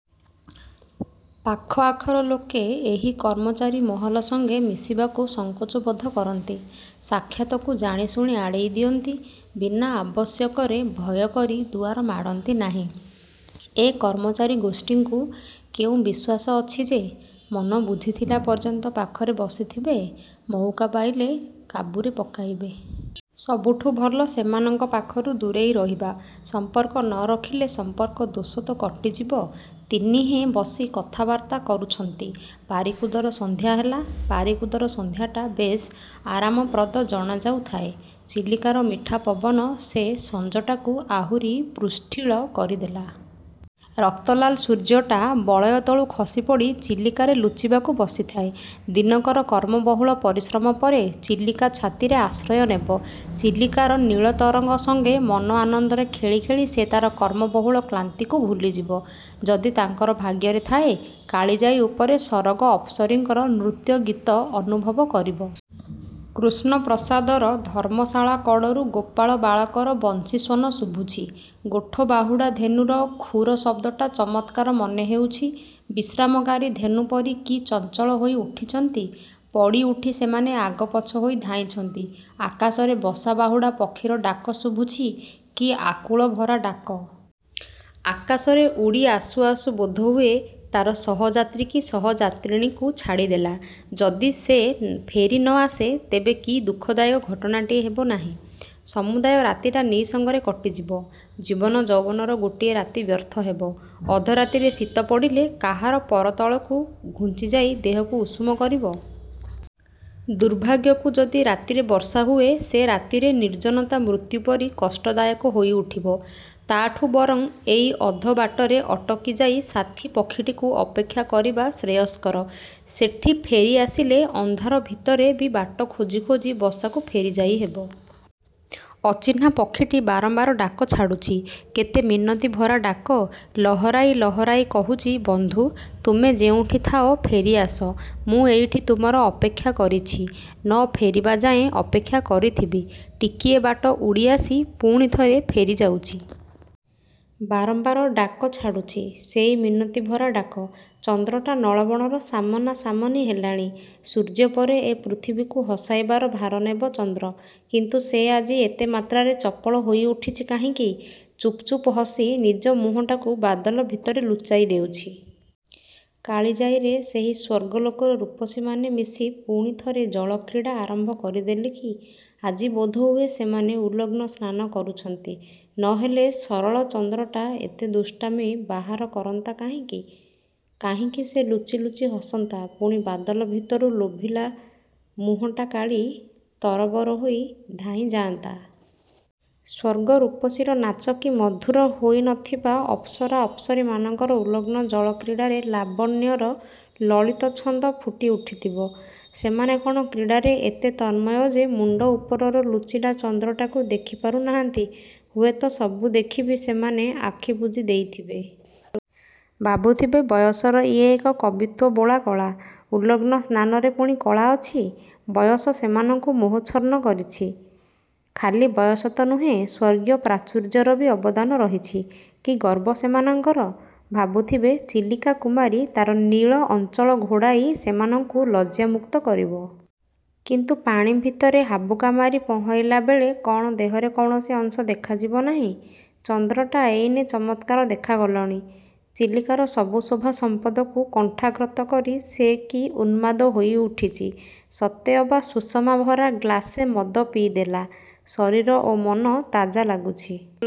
ପାଖଆଖର ଲୋକେ ଏହି କର୍ମଚାରୀ ମହଲ ସଙ୍ଗେ ମିଶିବାକୁ ସଙ୍କୋଚବୋଧ କରନ୍ତି-! ସାକ୍ଷାତକୁ ଜାଣିଶୁଣି ଆଡ଼େଇ ଦିଅନ୍ତି। ବିନା ଆବଶ୍ୟକରେ ଭୟ କରି ଦୁଆର ମାଡ଼ନ୍ତି ନାହିଁ-। ଏ କର୍ମଚାରୀ ଗୋଷ୍ଠୀଙ୍କୁ କେଉଁ ବିଶ୍ୱାସ ଅଛି ଯେ? ମନ ବୁଝିଥିଲା ପର୍ଯ୍ୟନ୍ତ ପାଖରେ ବସିଥିବେ-। ମଉକା ପାଇଲେ କାବୁରେ ପକାଇବେ। ସବୁଠୁ ଭଲ, ସେମାନଙ୍କ ପାଖରୁ ଦୂରେଇ ରହିବା। ସମ୍ପର୍କ ନ ରଖିଲେ ସମ୍ପର୍କ ଦୋଷ ତ କଟିଯିବ। ତିନିହେଁ ବସି କଥାବାର୍ତ୍ତା କରୁଛନ୍ତି, ପାରିକୁଦରେ ସନ୍ଧ୍ୟା ହେଲା। ପାରିକୁଦର ସନ୍ଧ୍ୟାଟା ବେଶ୍ ଆରାମପ୍ରଦ ଜଣାଯାଉ ଥାଏ। ଚିଲିକାର ମିଠା ପବନ ସେ ସଞ୍ଜଟାକୁ ଆହୁରି ପୃଷ୍ଟିଳ କରିଦେଲା। ରକ୍ତଲାଲ ସୂର୍ଯ୍ୟଟା, ବଳୟ ତଳୁ ଖସିପଡ଼ି ଚିଲିକାରେ ଲୁଚିବାକୁ ବସିଥାଏ। ଦିନକର କର୍ମବହୁଳ ପରିଶ୍ରମ ପରେ ଚିଲିକା ଛାତିରେ ଆଶ୍ରୟ ନେବ। ଚିଲିକାର ନୀଳ ତରଙ୍ଗ ସଙ୍ଗେ ମନ ଆନନ୍ଦରେ ଖେଳି ଖେଳି ସେ ତାର କର୍ମ ବହୁଳ କ୍ଲାନ୍ତିକୁ ଭୁଲିଯିବ। ଯଦି ତାଙ୍କର ଭାଗ୍ୟରେ ଥାଏ, କାଳିଯାଈ ଉପରେ ସରଗ ଅପ୍ସରୀଙ୍କ ନୃତ୍ୟଗୀତ ଅନୁଭବ କରିବ। କୃଷ୍ଣପ୍ରସାଦର ଧର୍ମଶାଳା କଡ଼ରୁ ଗୋପାଳ ବାଳକର ବଂଶୀସ୍ୱନ ଶୁଭୁଛି। ଗୋଠ ବାହୁଡ଼ା ଧେନୁର ଖୁର ଶବ୍ଦଟା ଚମତ୍କାର ମନେ ହେଉଛି। ବିଶ୍ରାମକାମୀ ଧେନୁପରି କି ଚଞ୍ଚଳହୋଇ ଉଠିଛନ୍ତି। ପଡ଼ିଉଠି ସେମାନେ ଆଗପଛ ହୋଇ ଧାଇଁଛନ୍ତି। ଆକାଶରେ ବସା–ବାହୁଡ଼ା ପକ୍ଷୀର ଡାକ ଶୁଭୁଛି। କି ଆକୁଳଭରା ଡାକ! ଆକାଶରେ ଉଡ଼ି ଆସୁ ଆସୁ ବୋଧହୁଏ ତାର ସହଯାତ୍ରୀ କି ସହଯାତ୍ରୀଣୀକୁ ଛାଡ଼ିଦେଲା। ଯଦି ସେ ଫେରି ନଆସେ ତେବେ କି ଦୁଃଖଦାୟକ ଘଟଣାଟିଏ ହେବ ନାହିଁ? ସମୁଦାୟ ରାତିଟା ନିଃସଙ୍ଗରେ କଟିଯିବ। ଜୀବନ ଯୌବନର ଗୋଟିଏ ରାତି ବ୍ୟର୍ଥ ହେବ। ଅଧ ରାତିରେ ଶୀତ ପଡ଼ିଲେ, କାହାର ପରତଳକୁ ଘୁଞ୍ଚିଯାଇ ଦେହକୁ ଉଷୁମ କରିବ? ଦୁର୍ଭାଗ୍ୟକୁ ଯଦି ରାତିରେ ବର୍ଷା ହୁଏ? ସେ ରାତିରେ ନିର୍ଜନତା ମୃତ୍ୟୁପରି କଷ୍ଟଦାୟକ ହୋଇଉଠିବ। ତାଠୁ ବରଂ ଏଇ ଅଧବାଟରେ ଅଟକି ଯାଇ ସାଥି ପକ୍ଷୀଟିକୁ ଅପେକ୍ଷା କରିବା ଶ୍ରେୟସ୍କର। ସେଥି ଫେରି ଆସିଲେ, ଅନ୍ଧାର ଭିତରେ ବି ବାଟ ଖୋଜି, ଖୋଜି ବସାକୁ ଫେରି ଯାଇହେବ। ଅଚିହ୍ନା ପକ୍ଷୀଟି ବାରମ୍ୱାର ଡାକ ଛାଡ଼ୁଛି। କେତେ ମିନତି ଭରା ଡାକ! ଲହରାଇ ଲହରାଇ କହୁଛି, ବନ୍ଧୁ! ତୁମେ ଯେଉଁଠି ଥାଅ ଫେରି ଆସ। ମୁଁ ଏଇଠି ତୁମର ଅପେକ୍ଷା କରିଛି। ନ ଫେରିବାଯାଏ ଅପେକ୍ଷା କରଥିବି। ଟିକିଏ ବାଟ ଉଡ଼ିଆସି ପୁଣି ଥରେ ଫେରି ଯାଉଛି। ବାରମ୍ୱାର ଡାକ ଛାଡ଼ୁଛି। ସେଇ ମିନତି ଭରା ଡାକ। ଚନ୍ଦ୍ରଟା ନଳବଣର ସାମନା ସମାନି ହେଲାଣି। ସୂର୍ଯ୍ୟ ପରେ ଏ ପୃଥିବୀକୁ ହସାଇବାର ଭାର ନେବ ଚନ୍ଦ୍ର। କିନ୍ତୁ ସେ ଆଜି ଏତେ ମାତ୍ରାରେ ଚପଳ ହୋଇ ଉଠିଛି କାହିଁକି? ଚୁପ୍, ଚୁପ୍ ହସି ନିଜ ମୁହଁଟାକୁ ବାଦଲ ଭିତରେ ଲୁଚାଇ ଦେଉଛି। କାଳିଜାଈରେ ସେହି ସ୍ୱର୍ଗଲୋକର ରୂପସୀମାନେ ମିଶି ପୁଣି ଥରେ ଜଳକ୍ରୀଡ଼ା ଆରମ୍ଭ କରିଦେଲେ କି? ଆଜି ବୋଧହୁଏ ସେମାନେ ଉଲଗ୍ନ ସ୍ନାନ କରୁଛନ୍ତି। ନ ହେଲେ ସରଳ ଚନ୍ଦ୍ରଟା ଏତେ ଦୁଷ୍ଟାମୀ ବାହାର କରନ୍ତା କାହିଁକି? କାହିଁକି ସେ ଲୁଚି ଲୁଚି ହସନ୍ତା? ପୁଣି ବାଦଲ ଭିତରୁ ଲୋଭିଲା ମୁହଁଟା କାଢ଼ି ତରବର ହୋଇ ଧାଇଁ ଯାଆନ୍ତା! ସ୍ୱର୍ଗ ରୂପସୀର ନାଚ କି ମଧୁର ହୋଇ ନ ଥିବ! ଅପ୍ସରା ଅପ୍ସରୀମାନଙ୍କ ଉଲଗ୍ନ ଜଳକ୍ରୀଡ଼ାରେ ଲାବଣ୍ୟର ଲଳିତ ଛନ୍ଦ ଫୁଟି ଉଠିଥିବ। ସେମାନେ କଣ କ୍ରୀଡ଼ାରେ ଏତେ ତନ୍ମୟ ଯେ ମୁଣ୍ଡ ଉପରର ଲୁଚିଲା ଚନ୍ଦ୍ରଟାକୁ ଦେଖିପାରୁ ନାହାନ୍ତି? ହୁଏତ ସବୁ ଦେଖି ବି ସେମାନେ ଆଖିବୁଜି ଦେଇଥିବେ। ଭାବୁଥିବେ ବୟସର ଇଏ ଏକ କବିତ୍ୱ–ବୋଳା କଳା। ଉଲଗ୍ନ ସ୍ନାନରେ ପୁଣି କଳା ଅଛି? ବୟସ ସେମାନଙ୍କୁ ମୋହାଚ୍ଛନ୍ନ କରିଛି। ଖାଲି ବୟସ ତ ନୁହେ, ସ୍ୱର୍ଗୀୟ-ପ୍ରାଚୁର୍ଯ୍ୟର ବି ଅବଦାନ ରହିଛି। କି ଗର୍ବ ସେମାନଙ୍କର! ଭାବୁଥିବେ, ଚିଲିକା–କୁମାରୀ ତାର ନୀଳ–ଅଞ୍ଚଳ ଘୋଡ଼ାଇ ସେମାନଙ୍କୁ ଲଜ୍ଜାମୁକ୍ତ କରିବ। କିନ୍ତୁ ପାଣି ଭିତରେ ହାବୁକା ମାରି ପହଁରିଲାବେଳେ କଣ ଦେହର କୌଣସି ଅଂଶ ଦେଖାଯିବ ନାହିଁ। ଚନ୍ଦ୍ରଟା ଏଇନେ ଚମତ୍କାର ଦେଖା ଗଲଣି। ଚିଲିକାର ସବୁ ଶୋଭା ସମ୍ପଦକୁ କଣ୍ଠାଗ୍ରତ କରି ସେ କି ଉନ୍ମାଦ ହୋଇ ଉଠିଛି! ସତେ ଅବା ସୁଷମା-ଭରା ଗ୍ଲାସେ ମଦ ପିଇଦେଲା। ଶରୀର ଓ ମନ ତାଜା ଲାଗୁଛି।